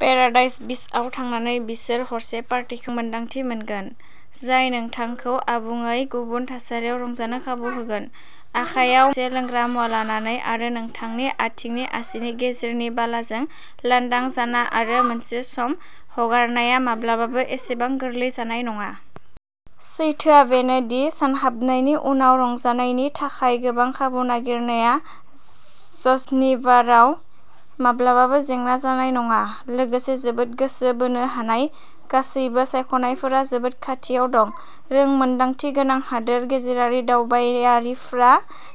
Paradise बीचआव थांनानै बिसोर हरसे पार्टीखौ रोंमोन्दांथि मोनगोन, जाय नोंथांखौ आबुङै गुबुन थासारियाव रंजानो खाबु होगोन। आखायाव मोनसे लोंग्रा मुवा लानानै, आरो नोंथांनि आथिंनि आसिनि गेजेरनि बालाजों, लांदां जाना आरो मोजां सम हगारनाया माब्लाबाबो एसेबां गोरलै जानाय नङा। सैथोआ बेनो दि, सानहाबनायनि उनाव रंजानायनि थाखाय गोबां खाबु नागिरनाया जाञ्जिबाराव माब्लाबाबो जेंना जानाय नङा, लोगोसे जोबोद गोसो बोनो हानाय गासैबो सायख'नायफोरा जोबोद खाथियाव दं। रोंमोन्दांथि गोनां हादोर गेजेरारि दावबायारिफ्रा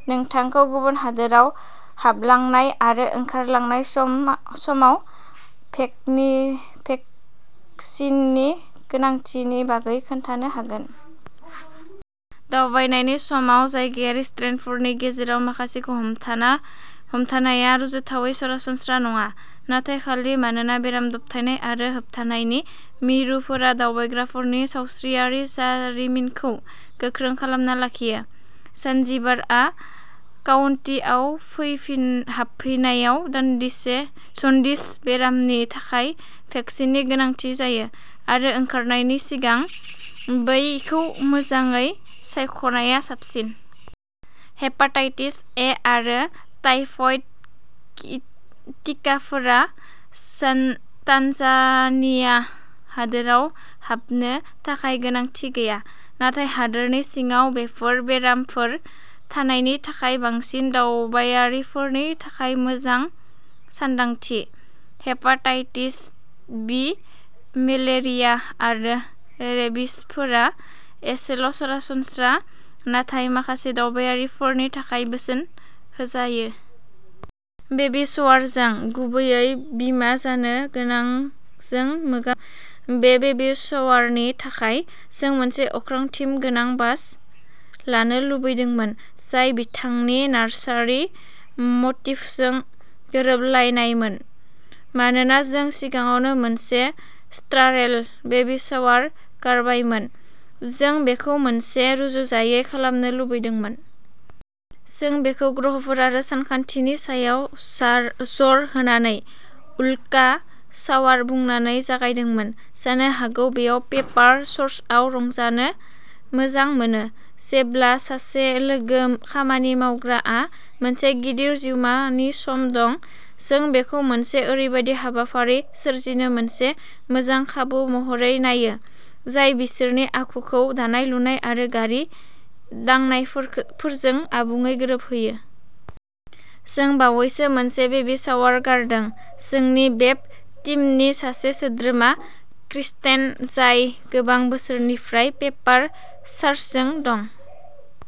नोंथांनो गुबुन हादोराव हाबलांनाय आरो ओंखारलांनाय समाव भेकसिननि गोनांथिनि बागै खोन्थानो हागोन। दावबायनायनि समाव जायगायारि स्ट्रेनफोरनि गेजेराव मोनसेखौ हमनाया रुजुथावै सरासनस्रा नङा, नाथाय खालि मानोना बेराम दबथायनाय आरो होबथानायनि मिरुफोरा दावबायग्राफोरनि सावस्रियारि जारिमिनखौ गोख्रों सामलायना लाखियो। जानजिबारआ काउन्टिआव हाबफैनायाव जन्दिस बेरामनि थाखाय भेकसिननि गोनांथि जायो, आरो ओंखारनायनि सिगां बेखौ मोजाङै सायख'नाया साबसिन। हेपाटाइटिस ए आरो टाइफइड टिकाफोरा सान तान्जानिया हादोराव हाबनो थाखाय गोनांथि गैया, नाथाय हादोरनि सिङाव बेफोर बेरामफोर थानायनि थाखाय बांसिन दावबायारिफोरनि थाखाय मोजां सानदांथि। हेपाटाइटिस बि, मेलेरिया आरो रेबिसफोरा एसेल'सरासनस्रा, नाथाय माखासे दावबायारिफोरनि थाखाय बोसोन होजायो। बेबी शावरजों, गुबैयै, बिमा जानो गोनांजों मोगा जानाय आयदाफोरखौ साननाया जेब्लाबो रंजाथाव। बे बेबी शावरनि थाखाय, जों मोनसे अख्रां-थीम गोनां बाश लानो लुबैदोंमोन, जाय बिथांनि नार्सारि मटिफजों गोरोबनायमोन। मानोना जों सिगाङावनो मोनसे "स्टारेल" बेबी शावर गारबायमोन, जों बेखौ मोनसे रुजुजायै खालामनो लुबैदोंमोन। जों बेखौ ग्रहफोर आरो सानखान्थिनि सायाव जार जर होनानै "उल्का" शावर बुंनानै जागायदोंमोन। जानो हागौ बेयाव पेपार सोर्सआव रंजानो मोजां मोनो। जेब्ला सासे लोगो-खामानि मावग्राआ मोनसे गिदिर जिउनि सम दं, जों बेखौ मोनसे ओरैबायदि हाबाफारि सोरजिनो मोनसे मोजां खाबु महरै नायो, जाय बिसोरनि आखुखौ दानाय-लुनाय आरो गावारि दांनायफोरजों आबुङै गोरोबहोयो। जों बावैसो मोनसे बेबी शावर गारदों। जोंनि वेब टीमनि सासे सोद्रोमा, क्रिस्टेन, जाय गोबां बोसोरनिफ्राय पेपार सोर्सजों दं।